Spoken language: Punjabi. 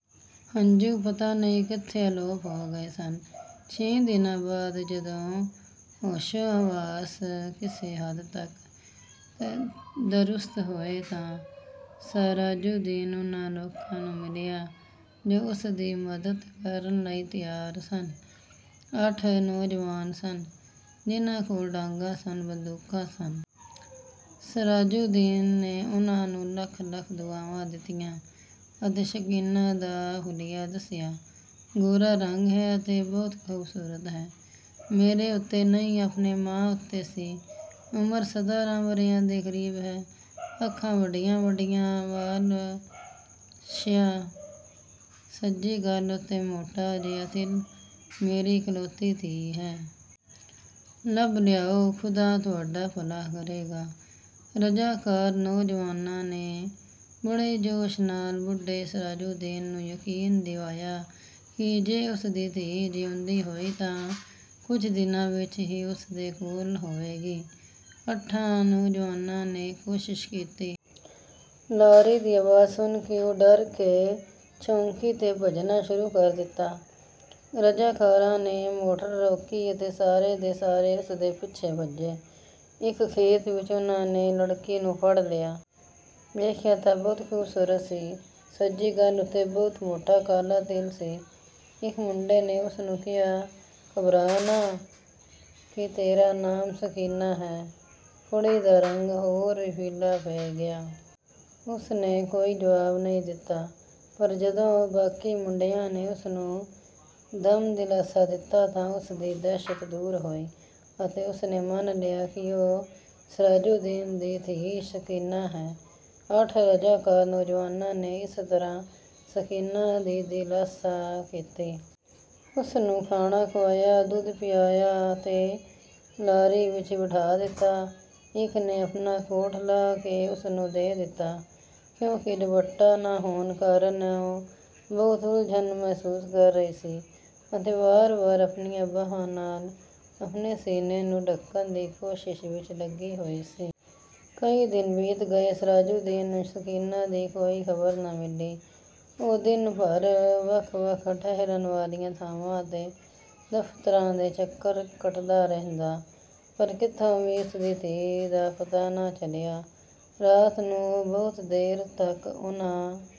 ਹੰਝੂ ਪਤਾ ਨਹੀਂ ਕਿੱਥੇ ਅਲੋਪ ਹੋ ਗਏ ਸਨ। ਛੇ ਦਿਨਾਂ ਬਾਅਦ ਜਦੋਂ ਹੋਸ਼ੋ-ਹਵਾਸ ਕਿਸੇ ਹੱਦ ਤੱਕ ਦਰੁਸਤ ਹੋਏ ਤਾਂ ਸਰਾਜੁਦੀਨ ਉਨ੍ਹਾਂ ਲੋਕਾਂ ਨੂੰ ਮਿਲ਼ਿਆ ਜੋ ਉਸਦੀ ਮਦਦ ਕਰਨ ਲਈ ਤਿਆਰ ਸਨ। ਅੱਠ ਨੌਜਵਾਨ ਸਨ, ਜਿਨ੍ਹਾਂ ਕੋਲ਼ ਡਾਂਗਾਂ ਸਨ, ਬੰਦੂਕਾਂ ਸਨ। ਸਰਾਜੁਦੀਨ ਨੇ ਉਨ੍ਹਾਂ ਨੂੰ ਲੱਖ-ਲੱਖ ਦੁਆਵਾਂ ਦਿੱਤੀਆਂ ਅਤੇ ਸਕੀਨਾ ਦਾ ਹੁਲੀਆ ਦੱਸਿਆ। ਗੋਰਾ ਰੰਗ ਹੈ ਅਤੇ ਬਹੁਤ ਖੂਬਸੂਰਤ ਹੈ। ਮੇਰੇ ਉੱਤੇ ਨਹੀਂ ਆਪਣੇ ਮਾਂ ਉੱਤੇ ਸੀ। ਉਮਰ ਸਤਾਰਾਂ ਵਰ੍ਹਿਆਂ ਦੇ ਕਰੀਬ ਹੈ। ਅੱਖਾਂ ਵੱਡੀਆਂ-ਵੱਡੀਆਂ, ਵਾਲ਼ ਸਿਆਹ, ਸੱਜੀ ਗੱਲ੍ਹ ਉੱਤੇ ਮੋਟਾ ਜਿਹਾ ਤਿਲ, ਮੇਰੀ ਇਕਲੌਤੀ ਧੀ ਹੈ। ਲੱਭ ਲਿਆਓ, ਖੁਦਾ ਤੁਹਾਡਾ ਭਲਾ ਕਰੇਗਾ। ਰਜਾਕਾਰ ਨੌਜਵਾਨਾਂ ਨੇ ਬੜੇ ਜੋਸ਼ ਨਾਲ਼ ਬੁੱਢੇ ਸਰਾਜੁਦੀਨ ਨੂੰ ਯਕੀਨ ਦਿਵਾਇਆ ਕਿ ਜੇ ਉਸਦੀ ਧੀ ਜਿਉਂਦੀ ਹੋਈ ਤਾਂ ਕੁੱਝ ਦਿਨਾਂ ਵਿੱਚ ਹੀ ਉਸਦੇ ਕੋਲ਼ ਹੋਵੇਗੀ। ਅੱਠਾਂ ਨੌਜਵਾਨਾਂ ਨੇ ਕੋਸ਼ਿਸ਼ ਕੀਤੀ। ਲਾਰੀ ਦੀ ਅਵਾਜ਼ ਸੁਣ ਕੇ ਉਹ ਡਰ ਕੇ ਚੌਂਕੀ ਤੇ ਭੱਜਣਾ ਸ਼ੁਰੂ ਕਰ ਦਿੱਤਾ। ਰਜਾਕਾਰਾਂ ਨੇ ਮੋਟਰ ਰੋਕੀ ਅਤੇ ਸਾਰੇ ਦੇ ਸਾਰੇ ਉਸਦੇ ਪਿੱਛੇ ਭੱਜੇ। ਇੱਕ ਖੇਤ ਵਿੱਚ ਉਹਨਾਂ ਨੇ ਲੜਕੀ ਨੂੰ ਫੜ ਲਿਆ। ਦੇਖਿਆ ਤਾਂ ਬਹੁਤ ਖੂਬਸੂਰਤ ਸੀ। ਸੱਜੀ ਗੱਲ ਉੱਤੇ ਬਹੁਤ ਮੋਟਾ ਕਾਲ਼ਾ ਤਿਲ ਸੀ। ਇੱਕ ਮੁੰਡੇ ਨੇ ਉਸਨੂੰ ਕਿਹਾ, "ਘਬਰਾ ਨਾ, ਕੀ ਤੇਰਾ ਨਾਮ ਸਕੀਨਾ ਹੈ?" ਕੁੜੀ ਦਾ ਰੰਗ ਹੋਰ ਵੀ ਪੀਲ਼ਾ ਪੈ ਗਿਆ। ਉਸਨੇ ਕੋਈ ਜਵਾਬ ਨਹੀਂ ਦਿੱਤਾ। ਪਰ ਜਦੋਂ ਬਾਕੀ ਮੁੰਡਿਆਂ ਨੇ ਉਸਨੂੰ ਦਮ ਦਿਲਾਸਾ ਦਿੱਤਾ ਤਾਂ ਉਸਦੀ ਦਹਿਸ਼ਤ ਦੂਰ ਹੋਈ ਅਤੇ ਉਸਨੇ ਮੰਨ ਲਿਆ ਕਿ ਉਹ ਸਰਾਜੁਦੀਨ ਦੀ ਧੀ ਸਕੀਨਾ ਹੈ। ਅੱਠ ਰਜਾਕਾਰ ਨੌਜਵਾਨਾਂ ਨੇ ਇਸ ਤਰ੍ਹਾਂ ਸਕੀਨਾ ਦੀ ਦਿਲਾਸਾ ਕੀਤੀ। ਉਸਨੂੰ ਖਾਣਾ ਖੁਆਇਆ, ਦੁੱਧ ਪਿਆਇਆ ਅਤੇ ਲਾਰੀ ਵਿੱਚ ਬਿਠਾ ਦਿੱਤਾ। ਇੱਕ ਨੇ ਆਪਣਾ ਕੋਟ ਲਾਹ ਕੇ ਉਸਨੂੰ ਦੇ ਦਿੱਤਾ, ਕਿਉਂਕਿ ਦੁਪੱਟਾ ਨਾ ਹੋਣ ਕਾਰਨ ਉਹ ਬਹੁਤ ਉਲ਼ਝਣ ਮਹਿਸੂਸ ਕਰ ਰਹੀ ਸੀ ਅਤੇ ਵਾਰ-ਵਾਰ ਆਪਣੀਆਂ ਬਾਹਾਂ ਨਾਲ਼ ਆਪਣੇ ਸੀਨੇ ਨੂੰ ਢਕਣ ਦੀ ਕੋਸ਼ਿਸ਼ ਵਿੱਚ ਲੱਗੀ ਹੋਈ ਸੀ। ਕਈ ਦਿਨ ਬੀਤ ਗਏ, ਸਰਾਜੁਦੀਨ ਨੂੰ ਸਕੀਨਾ ਦੀ ਕੋਈ ਖ਼ਬਰ ਨਾ ਮਿਲ਼ੀ। ਉਹ ਦਿਨ ਭਰ ਵੱਖ-ਵੱਖ ਠਹਿਰਨ ਵਾਲੀਆਂ ਥਾਵਾਂ ਅਤੇ ਦਫ਼ਤਰਾਂ ਦੇ ਚੱਕਰ ਕੱਟਦਾ ਰਹਿੰਦਾ, ਪਰ ਕਿਤੋਂ ਵੀ ਉਸਦੀ ਧੀ ਦਾ ਪਤਾ ਨਾ ਚੱਲਿਆ। ਰਾਤ ਨੂੰ ਉਹ ਬਹੁਤ ਦੇਰ ਤੱਕ ਉਨ੍ਹਾਂ